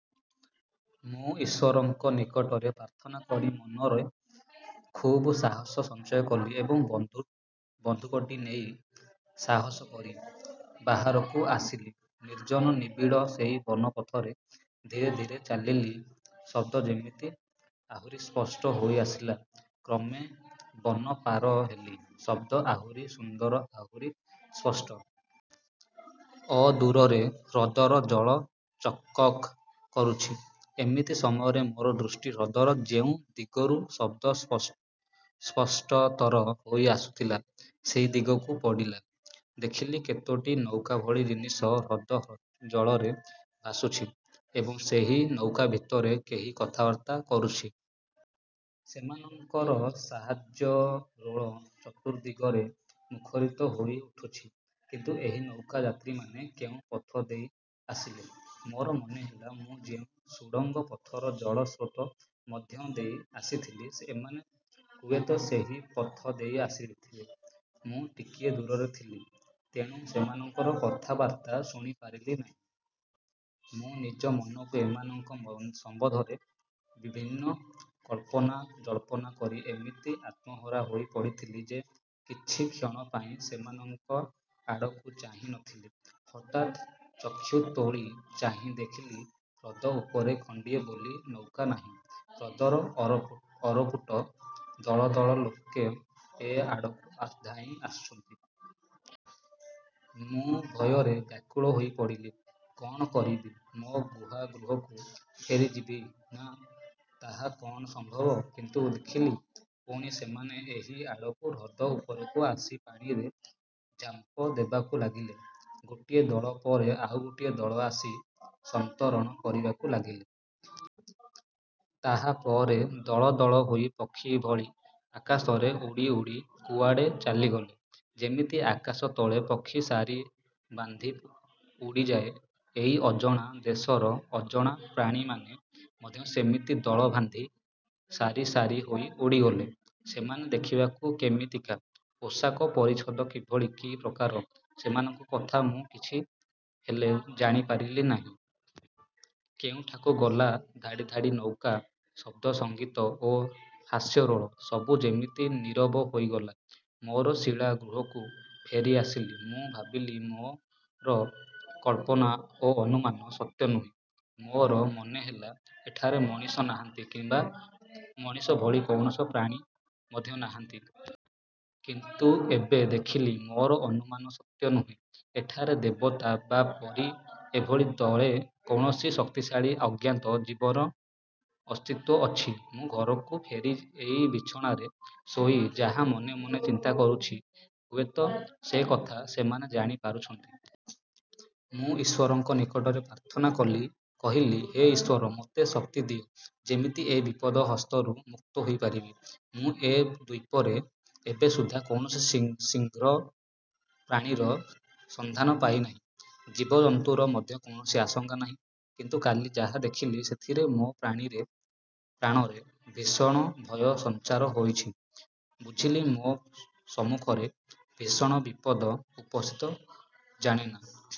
ମୁଁ ଈଶ୍ୱରଙ୍କ ନିକଟରେ ପ୍ରାର୍ଥନା କରି ମନରେ ଖୁବ୍ ସାହସ ସଞ୍ଚୟ କଲି ଏବଂ ବନ୍ଧୁକଟି ନେଇ ସାହସ କରି ବାହାରକୁ ଆସିଲି। ନିର୍ଜନ ନିବିଡ଼ ସେଇ ବନ ପଥରେ ଧୀରେ ଧୀରେ ଚାଲିଲି। ଶବ୍ଦ ଯେମିତି ଆହୁରି ସ୍ପଷ୍ଟ ହୋଇଆସିଲା। କ୍ରମେ ବନ ପାର ହେଲି, ଶବ୍ଦ ଆହୁରି ସୁନ୍ଦର, ଆହୁରି ସ୍ପଷ୍ଟ। ଅଦୂରରେ ହ୍ରଦର ଜଳ ଚକ୍ଚକ୍ କରୁଛି। ଏମିତି ସମୟରେ ମୋର ଦୃଷ୍ଟି ହ୍ରଦର ଯେଉଁ ଦିଗରୁ ଶବ୍ଦ ସ୍ପଷ୍ଟତର ହୋଇ ଆସୁଥିଲା, ସେଇ ଦିଗକୁ ପଡ଼ିଲା। ଦେଖିଲି କେତୋଟି ନୌକାଭଳି ଜିନିଷ ହ୍ରଦ ଜଳରେ ଭାସୁଛି ଏବଂ ସେହି ନୌକା ଭିତରେ କେହି କଥାବାର୍ତ୍ତା କରୁଛି। ସେମାନଙ୍କର ହାସ୍ୟରୋଳ ଚତୁର୍ଦ୍ଦିଗରେ ମୁଖରିତ ହୋଇ ଉଠୁଛି। କିନ୍ତୁ ଏହି ନୌକା-ଯାତ୍ରୀମାନେ କେଉଁ ପଥ ଦେଇ ଆସିଲେ? ମୋର ମନେହେଲା, ମୁଁ ଯେଉଁ ସୁଡ଼ଙ୍ଗ ପଥରେ ଜଳସ୍ରୋତ ମଧ୍ୟ ଦେଇ ଆସିଥିଲି, ଏମାନେ ହୁଏତ ସେହି ପଥ ଦେଇ ଆସିଥିବେ। ମୁଁ ଟିକିଏ ଦୂରରେ ଥିଲି, ତେଣୁ ସେମାନଙ୍କର କଥାବାର୍ତ୍ତା ଶୁଣିପାରିଲି ନାହିଁ। ମୁଁ ନିଜ ମନକୁ ଏମାନଙ୍କ ସମ୍ବନ୍ଧରେ ବିଭିନ୍ନ କଳ୍ପନା ଜଳ୍ପନା କରି ଏମିତି ଆତ୍ମହରା ହୋଇପଡ଼ିଥିଲି ଯେ କିଛି କ୍ଷଣପାଇଁ ସେମାନଙ୍କ ଆଡ଼କୁ ଚାହିଁ ନ ଥିଲି। ହଠାତ୍ ଚକ୍ଷୁ ତୋଳି ଚାହିଁ ଦେଖିଲି ହ୍ରଦ ଉପରେ ଖଣ୍ଡିଏ ବୋଲି ନୌକା ନାହିଁ। ହ୍ରଦର ଆରପଟୁ ଦଳ ଦଳ ଲୋକ ଏ ଆଡ଼କୁ ଧାଇଁ ଆସୁଛନ୍ତି। ମୁଁ ଭୟରେ ବ୍ୟାକୁଳ ହୋଇପଡ଼ିଲି। କ'ଣ କରିବି? ମୋ ଗୁହା-ଗୃହକୁ ଫେରିଯିବି? ନା, ତାହା କ'ଣ ସମ୍ଭବ? କିନ୍ତୁ ଦେଖିଲି, ପୁଣି ସେମାନେ ଏହି ଆଡ଼କୁ ହ୍ରଦ ଉପରକୁ ଆସି ପାଣିରେ ଝାମ୍ପ ଦେବାକୁ ଲାଗିଲେ। ଗୋଟିଏ ଦଳ ପରେ ଆଉ ଗୋଟିଏ ଦଳ ଆସି ସନ୍ତରଣ କରିବାକୁ ଲାଗିଲେ। ତାହାପରେ ଦଳ ଦଳ ହୋଇ ପକ୍ଷୀ ଭଳି ଆକାଶରେ ଉଡ଼ି ଉଡ଼ି କୁଆଡ଼େ ଚାଲିଗଲେ। ଯେମିତି ଆକାଶ ତଳେ ପକ୍ଷୀ ସାରି ବାନ୍ଧି ଉଡ଼ିଯାଏ, ଏଇ ଅଜଣା ଦେଶର ଅଜଣା ପ୍ରାଣୀମାନେ ମଧ୍ୟ ସେମିତି ଦଳ ବାନ୍ଧି ସାରି ସାରି ହୋଇ ଉଡ଼ିଗଲେ। ସେମାନେ ଦେଖିବାକୁ କେମିତିକା, ପୋଷାକ ପରିଚ୍ଛଦ କିଭଳି, କି ପ୍ରକାର ସେମାନଙ୍କ କଥା, ମୁଁ କିଛିହେଲେ ଜାଣିପାରିଲି ନାହିଁ। କେଉଁଠାକୁ ଗଲା ଧାଡ଼ି ଧାଡ଼ି ନୌକା, ଶବ୍ଦ, ସଙ୍ଗୀତ ଓ ହାସ୍ୟରୋଳ, ସବୁ ଯେମିତି ନୀରବ ହୋଇଗଲା। ମୋର ଶିଳା ଗୃହକୁ ଫେରିଆସିଲି। ମୁଁ ଭାବିଲି, ମୋର କଳ୍ପନା ଓ ଅନୁମାନ ସତ୍ୟ ନୁହେଁ। ମୋର ମନେହେଲା ଏଠାରେ ମଣିଷ ନାହାନ୍ତି କିମ୍ବା ମଣିଷଭଳି କୌଣସି ପ୍ରାଣୀ ମଧ୍ୟ ନାହାନ୍ତି। କିନ୍ତୁ ଏବେ ଦେଖିଲି, ମୋର ଅନୁମାନ ସତ୍ୟ ନୁହେଁ। ଏଠାରେ ଦେବତା ବା ପରୀ ଏଭଳି ଦଳେ କୌଣସି ଶକ୍ତିଶାଳୀ ଅଜ୍ଞାତ ଜୀବର ଅସ୍ତିତ୍ୱ ଅଛି। ମୁଁ ଘରକୁ ଫେରି ଏଇ ବିଛଣାରେ ଶୋଇ ଯାହା ମନେ ମନେ ଚିନ୍ତା କରୁଛି, ହୁଏତ ସେକଥା ସେମାନେ ଜାଣିପାରୁଛନ୍ତି। ମୁଁ ଈଶ୍ୱରଙ୍କ ନିକଟରେ ପ୍ରାର୍ଥନା କଲି, କହିଲି-ହେ ଈଶ୍ୱର! ମୋତେ ଶକ୍ତି ଦିଅ ଯେମିତି ଏ ବିପଦ ହସ୍ତରୁ ମୁକ୍ତ ହୋଇପାରିବି। ମୁଁ ଏ ଦ୍ୱୀପରେ ଏବେ ସୁଦ୍ଧା କୌଣସି ହିଂସ୍ର ପ୍ରାଣୀର ସନ୍ଧାନ ପାଇନାହିଁ, ଜୀବଜନ୍ତୁର ମଧ୍ୟ କୌଣସି ଆଶଙ୍କା ନାହିଁ। କିନ୍ତୁ କାଲି ଯାହା ଦେଖିଲି, ସେଥିରେ ମୋ ପ୍ରାଣରେ ଭୀଷଣ ଭୟ ସଞ୍ଚାର ହୋଇଛି। ବୁଝିଲି ମୋ ସମ୍ମୁଖରେ ଭୀଷଣ ବିପଦ ଉପସ୍ଥିତ। ଜାଣେନା,